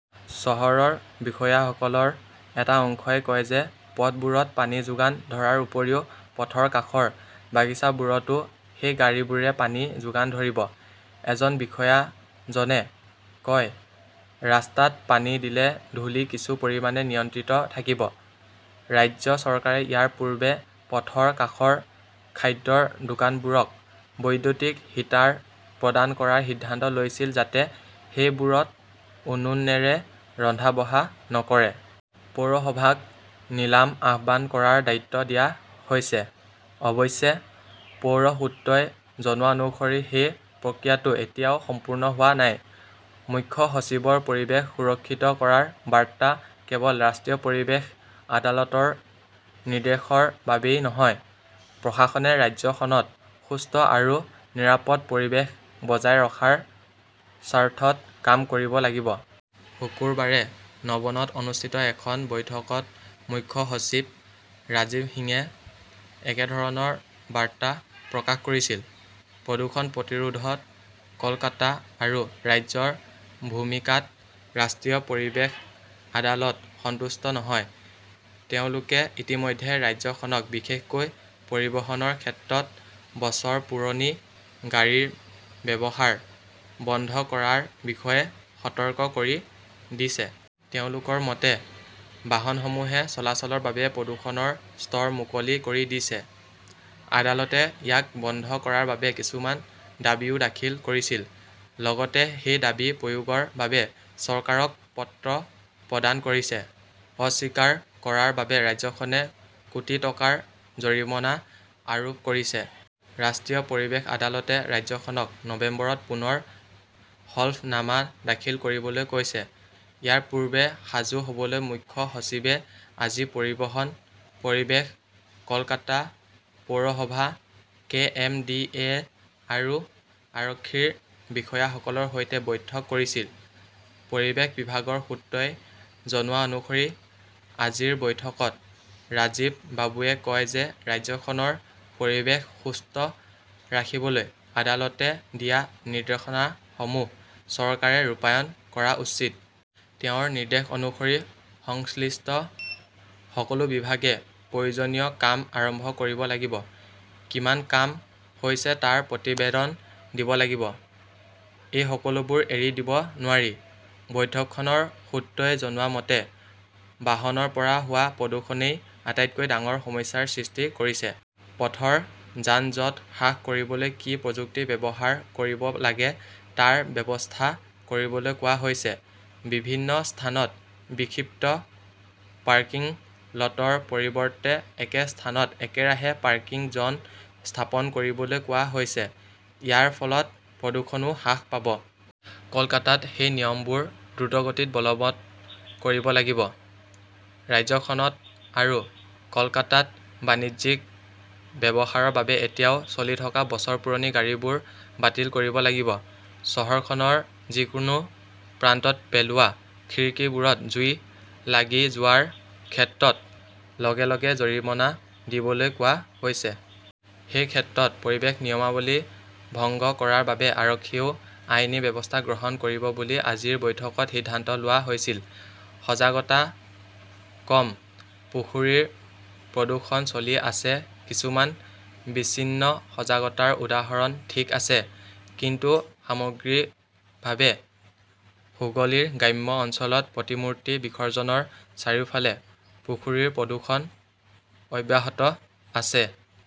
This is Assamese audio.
চহৰৰ বিষয়াসকলৰ এটা অংশই কয় যে পথবোৰত পানী যোগান ধৰাৰ উপৰিও পথৰ কাষৰ বাগিচাবোৰতো সেই গাড়ীবোৰে পানী যোগান ধৰিব। এজন বিষয়াজনে কয়, ৰাস্তাত পানী দিলে ধূলি কিছু পৰিমাণে নিয়ন্ত্ৰণত থাকিব। ৰাজ্য চৰকাৰে ইয়াৰ পূৰ্বে পথৰ কাষৰ খাদ্যৰ দোকানবোৰক বৈদ্যুতিক হিটাৰ প্ৰদান কৰাৰ সিদ্ধান্ত লৈছিল যাতে সেইবোৰত উনুনেৰে ৰন্ধা-বঢ়া নকৰে। পৌৰসভাক নিলাম আহ্বান কৰাৰ দায়িত্ব দিয়া হৈছে। অৱশ্যে, পৌৰ সূত্ৰই জনোৱা অনুসৰি সেই প্ৰক্ৰিয়াটো এতিয়াও সম্পূৰ্ণ হোৱা নাই। মুখ্য সচিবৰ পৰিৱেশ সুৰক্ষিত কৰাৰ বাৰ্তা কেৱল ৰাষ্ট্ৰীয় পৰিৱেশ আদালতৰ নিৰ্দেশৰ বাবেই নহয়, প্ৰশাসনে ৰাজ্যখনত সুস্থ আৰু নিৰাপদ পৰিৱেশ বজাই ৰখাৰ স্বাৰ্থত কাম কৰিব লাগিব। শুকুৰবাৰে নবনত অনুষ্ঠিত এখন বৈঠকত মুখ্য সচিব ৰাজীৱ সিঙে একেধৰণৰ বাৰ্তা প্ৰকাশ কৰিছিল। প্ৰদূষণ প্ৰতিৰোধত কলকাতা আৰু ৰাজ্যৰ ভূমিকাত ৰাষ্ট্ৰীয় পৰিৱেশ আদালত সন্তুষ্ট নহয়। তেওঁলোকে ইতিমধ্যে ৰাজ্যখনক বিশেষকৈ পৰিবহণৰ ক্ষেত্ৰত বছৰ পুৰণি গাড়ীৰ ব্যৱহাৰ বন্ধ কৰাৰ বিষয়ে সতৰ্ক কৰি দিছে। তেওঁলোকৰ মতে, বাহনসমূহে চলাচলৰ বাবে প্ৰদূষণৰ স্তৰ মুকলি কৰি দিছে। আদালতে ইয়াক বন্ধ কৰাৰ বাবে কিছুমান দাবীও দাখিল কৰিছিল। লগতে সেই দাবী প্ৰয়োগৰ বাবে চৰকাৰক পত্ৰ প্ৰদান কৰিছে। অস্বীকাৰ কৰাৰ বাবে ৰাজ্যখনে কোটি টকাৰ জৰিমনা আৰোপ কৰিছে। ৰাষ্ট্ৰীয় পৰিৱেশ আদালতে ৰাজ্যখনক নৱেম্বৰত পুনৰ হলফনামা দাখিল কৰিবলৈ কৈছে। ইয়াৰ পূৰ্বে সাজু হ'বলৈ মুখ্য সচিবে আজি পৰিবহণ, পৰিৱেশ, কলকাতা পৌৰসভা, কে. এম. ডি. এ. আৰু আৰক্ষীৰ বিষয়াসকলৰ সৈতে বৈঠক কৰিছিল। পৰিৱেশ বিভাগৰ সূত্ৰই জনোৱা অনুসৰি আজিৰ বৈঠকত ৰাজীৱ বাবুৱে কয় যে ৰাজ্যখনৰ পৰিৱেশ সুস্থ ৰাখিবলৈ আদালতে দিয়া নিৰ্দেশনাসমূহ চৰকাৰে ৰূপায়ণ কৰা উচিত। তেওঁৰ নিৰ্দেশ অনুসৰি সংশ্লিষ্ট সকলো বিভাগে প্ৰয়োজনীয় কাম আৰম্ভ কৰিব লাগিব। কিমান কাম হৈছে তাৰ প্ৰতিবেদন দিব লাগিব। এই সকলোবোৰ এৰি দিব নোৱাৰি। বৈঠকখনৰ সূত্ৰই জনোৱা মতে, বাহনৰ পৰা হোৱা প্ৰদূষণই আটাইতকৈ ডাঙৰ সমস্যাৰ সৃষ্টি কৰিছে। পথৰ যান-জঁট হ্ৰাস কৰিবলৈ কি প্ৰযুক্তি ব্যৱহাৰ কৰিব লাগে তাৰ ব্যৱস্থা কৰিবলৈ কোৱা হৈছে। বিভিন্ন স্থানত বিক্ষিপ্ত পাৰ্কিং লটৰ পৰিৱৰ্তে একে স্থানত একেৰাহে পাৰ্কিং জন স্থাপন কৰিবলৈ কোৱা হৈছে। ইয়াৰ ফলত প্ৰদূষণও হ্ৰাস পায়। কলকাতাত সেই নিয়মবোৰ দ্ৰুতগতিত বলৱৎ কৰিব লাগিব। ৰাজ্যখনত আৰু কলকাতাত বাণিজ্যিক ব্যৱহাৰৰ বাবে এতিয়াও চলি থকা বছৰ পুৰণি গাড়ীবোৰ বাতিল কৰিব লাগিব। চহৰখনৰ যিকোনো প্ৰান্তত পেলোৱা খিৰিকীবোৰত জুই লাগি যোৱাৰ ক্ষেত্ৰত লগে লগে জৰিমনা দিবলৈ কোৱা হৈছে। সেই ক্ষেত্ৰত পৰিৱেশ নিয়মাৱলী ভংগ কৰাৰ বাবে আৰক্ষীয়েও আইনী ব্যৱস্থা গ্ৰহণ কৰিব বুলি আজিৰ বৈঠকত সিদ্ধান্ত লোৱা হৈছিল। সজাগতা কম, পুখুৰীৰ প্ৰদূষণ চলি আছে কিছুমান বিচ্ছিন্ন সজাগতাৰ উদাহৰণ ঠিক আছে। কিন্তু সামগ্ৰিকভাৱে, হুগলীৰ গ্ৰাম্য অঞ্চলত প্ৰতিমূৰ্তি বিসৰ্জনৰ চাৰিওফালে পুখুৰীৰ প্ৰদূষণ অব্যাহত আছে।